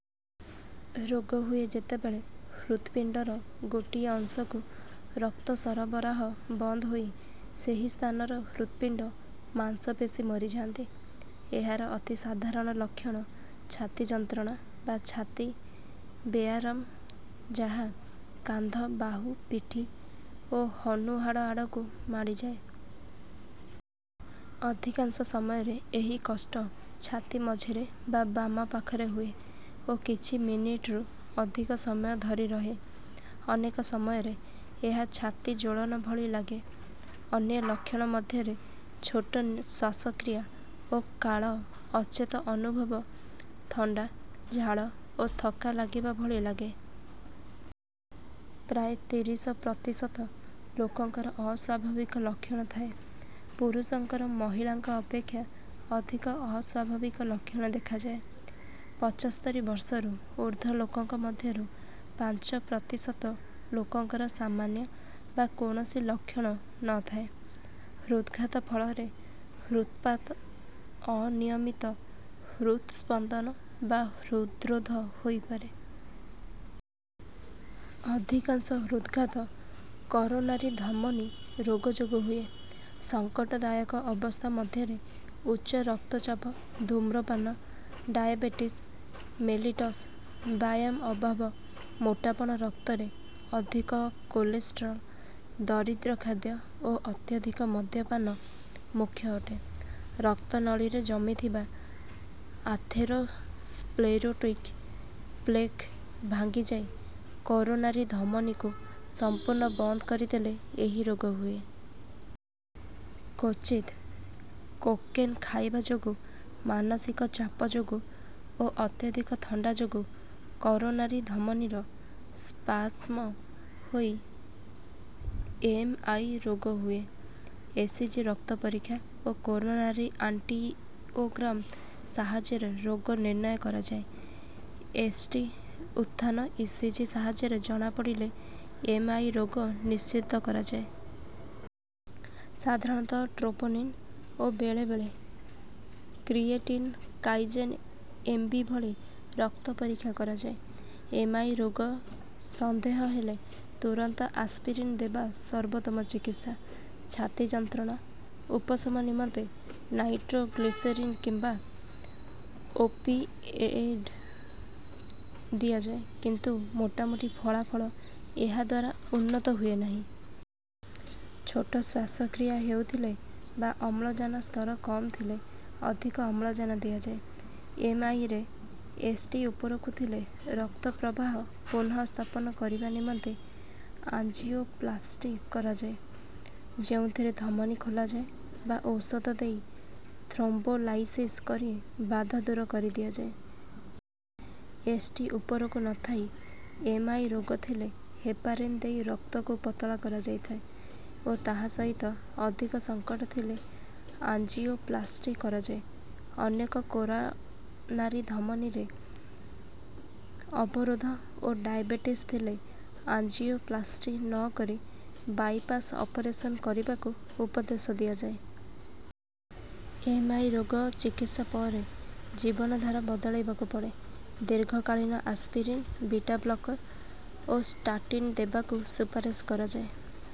ରୋଗ ହୁଏ ଯେତେବେଳେ ହୃତ୍ପିଣ୍ଡର ଗୋଟିଏ ଅଂଶକୁ ରକ୍ତ ସରବରାହ ବନ୍ଦ ହୋଇ ସେହି ସ୍ଥାନର ହୃତ୍ପିଣ୍ଡ ମାଂସପେଶୀ ମରିଯାଆନ୍ତି। ଏହାର ଅତି ସାଧାରଣ ଲକ୍ଷଣ ଛାତି ଯନ୍ତ୍ରଣା ବା ଛାତି ବେଆରାମ ଯାହା କାନ୍ଧ ବାହୁ ପିଠି ଓ ହନୁ ହାଡ଼ ଆଡ଼କୁ ମାଡ଼ିଯାଏ। ଅଧିକାଂଶ ସମୟରେ ଏହି କଷ୍ଟ ଛାତି ମଝିରେ ବା ବାମ ପାଖରେ ହୁଏ ଓ କିଛି ମିନିଟରୁ ଅଧିକ ସମୟ ଧରି ରହେ। ଅନେକ ସମୟରେ ଏହା ଛାତି ଜ୍ୱଳନ ଭଳି ଲାଗେ। ଅନ୍ୟ ଲକ୍ଷଣ ମଧ୍ୟରେ ଛୋଟ ଶ୍ୱାସକ୍ରିୟା ଓକାଳ ଅଚେତ ଅନୁଭବ ଥଣ୍ଡା ଝାଳ ଓ ଥକ୍କା ଲାଗିବା ଭଳି ଲାଗେ। ପ୍ରାୟ ତିରିଶ ପ୍ରତିଶତ ଲୋକଙ୍କର ଅସ୍ୱାଭାବିକ ଲକ୍ଷଣ ଥାଏ ପୁରୁଷଙ୍କର ମହିଳାଙ୍କ ଅପେକ୍ଷା ଅଧିକ ଅସ୍ୱାଭାବିକ ଲକ୍ଷଣ ଦେଖାଯାଏ। ପଚସ୍ତରି ବର୍ଷରୁ ଉର୍ଦ୍ଧ୍ୱ ଲୋକଙ୍କ ମଧ୍ୟରୁ ପାଞ୍ଚ ପ୍ରତିଶତ ଲୋକଙ୍କର ସାମାନ୍ୟ ବା କୌଣସି ଲକ୍ଷଣ ନ ଥାଏ। ହୃଦ୍ଘାତ ଫଳରେ ହୃଦ୍ପାତ ଅନିୟମିତ ହୃତ ସ୍ପନ୍ଦନ ବା ହୃଦ୍ରୋଧ ହୋଇପାରେ। ଅଧିକାଂଶ ହୃଦ୍ଘାତ କରୋନାରୀ ଧମନୀ ରୋଗ ଯୋଗୁ ହୁଏ। ସଙ୍କଟ ଦାୟକ ଅବସ୍ଥା ମଧ୍ୟରେ ଉଚ୍ଚ ରକ୍ତଚାପ ଧୂମ୍ରପାନ ଡାଏବେଟିସ ମେଲିଟସ ବ୍ୟାୟାମ ଅଭାବ ମୋଟାପଣ ରକ୍ତରେ ଅଧିକ କୋଲେଷ୍ଟ୍ରଲ୍ ଦରିଦ୍ର ଖାଦ୍ୟ ଓ ଅତ୍ୟଧିକ ମଦ୍ୟପାନ ମୂଖ୍ୟ ଅଟେ। ରକ୍ତନଳୀରେ ଜମିଥିବା ଆଥେରୋସ୍କ୍ଲେରୋଟିକ ପ୍ଲେକ ଭାଙ୍ଗିଯାଇ କରୋନାରୀ ଧମନୀକୁ ସମ୍ପୁର୍ଣ୍ଣ ବନ୍ଦ କରିଦେଲେ ଏହି ରୋଗ ହୁଏ। କ୍ୱଚିତ କୋକେନ ଖାଇବା ଯୋଗୁ ମାନସିକ ଚାପ ଯୋଗୁ ଓ ଅତ୍ୟଧିକ ଥଣ୍ଡା ଯୋଗୁ କରୋନାରି ଧମନୀର ସ୍ପାଜ୍ମ ହୋଇ ଏମ ଆଇ ରୋଗ ହୁଏ। ଇସିଜି ରକ୍ତ ପରୀକ୍ଷା ଓ କରୋନାରୀ ଆଞ୍ଜିଓଗ୍ରାମ ସାହାଯ୍ୟରେ ରୋଗ ନିର୍ଣ୍ଣୟ କରାଯାଏ। ଏସଟି ଉତ୍ଥାନ ଇସିଜି ସାହାଯ୍ୟରେ ଜଣାପଡ଼ିଲେ ଏମ ଆଇ ରୋଗ ନିଶ୍ଚିତ କରାଯାଏ। ସାଧାରଣତଃ ଟ୍ରୋପୋନିନ ଓ ବେଳେ ବେଳେ କ୍ରିଏଟିନ କାଇନେଜ ଏମ ବି ଭଳି ରକ୍ତ ପରୀକ୍ଷା କରାଯାଏ। ଏମ ଆଇ ରୋଗ ସନ୍ଦେହ ହେଲେ ତୁରନ୍ତ ଆସ୍ପିରିନ ଦେବା ସର୍ବୋତ୍ତମ ଚିକିତ୍ସା। ଛାତି ଯନ୍ତ୍ରଣା ଉପଶମ ନିମନ୍ତେ ନାଇଟ୍ରୋଗ୍ଲିସେରିନ କିମ୍ବା ଓପିଅଏଡ଼ ଦିଆଯାଏ କିନ୍ତୁ ମୋଟାମୋଟି ଫଳାଫଳ ଏହାଦ୍ୱାରା ଉନ୍ନତ ହୁଏ ନାହିଁ। ଛୋଟ ଶ୍ୱାସକ୍ରିୟା ହେଉଥିଲେ ବା ଅମ୍ଳଜାନ ସ୍ତର କମ ଥିଲେ ଅଧିକ ଅମ୍ଳଜାନ ଦିଆଯାଏ। ଏମ ଆଇ ରେ ଏସ ଟି ଉପରକୁ ଥିଲେ ରକ୍ତ ପ୍ରବାହ ପୁନଃସ୍ଥାପନ କରିବା ନିମନ୍ତେ ଆଞ୍ଜିଓପ୍ଲାସ୍ଟି କରାଯାଏ ଯେଉଁଥିରେ ଧମନୀ ଖୋଲାଯାଏ ବା ଔଷଧ ଦେଇ ଥ୍ରୋମ୍ବୋଲାଇସିସ କରି ବାଧା ଦୂର କରିଦିଆଯାଏ। ଏସ ଟି ଉପରକୁ ନ ଥାଇ ଏମ ଆଇ ରୋଗ ଥିଲେ ହେପାରିନ ଦେଇ ରକ୍ତକୁ ପତଳା କରିଦିଆଯାଏ ଓ ତାହା ସହିତ ଅଧିକ ସଙ୍କଟ ଥିଲେ ଆଞ୍ଜିଓପ୍ଲାସ୍ଟି କରାଯାଏ। ଅନେକ କରୋନାରୀ ଧମନୀରେ ଅବରୋଧ ଓ ଡାଏବେଟିସ ଥିଲେ ଆଞ୍ଜିଓପ୍ଲାସ୍ଟି ନ କରି ବାଇପାସ ଅପରେଶନ କରିବାକୁ ଉପଦେଶ ଦିଆଯାଏ। ଏମ ଆଇ ରୋଗ ଚିକିତ୍ସା ପରେ ଜୀବନ ଧାରା ବଦଳେଇବାକୁ ପଡ଼େ ଦୀର୍ଘକାଳୀନ ଆସ୍ପିରିନ ବିଟାବ୍ଲକର ଓ ସ୍ଟାଟିନ ଦେବାକୁ ସୁପାରିସ କରାଯାଏ।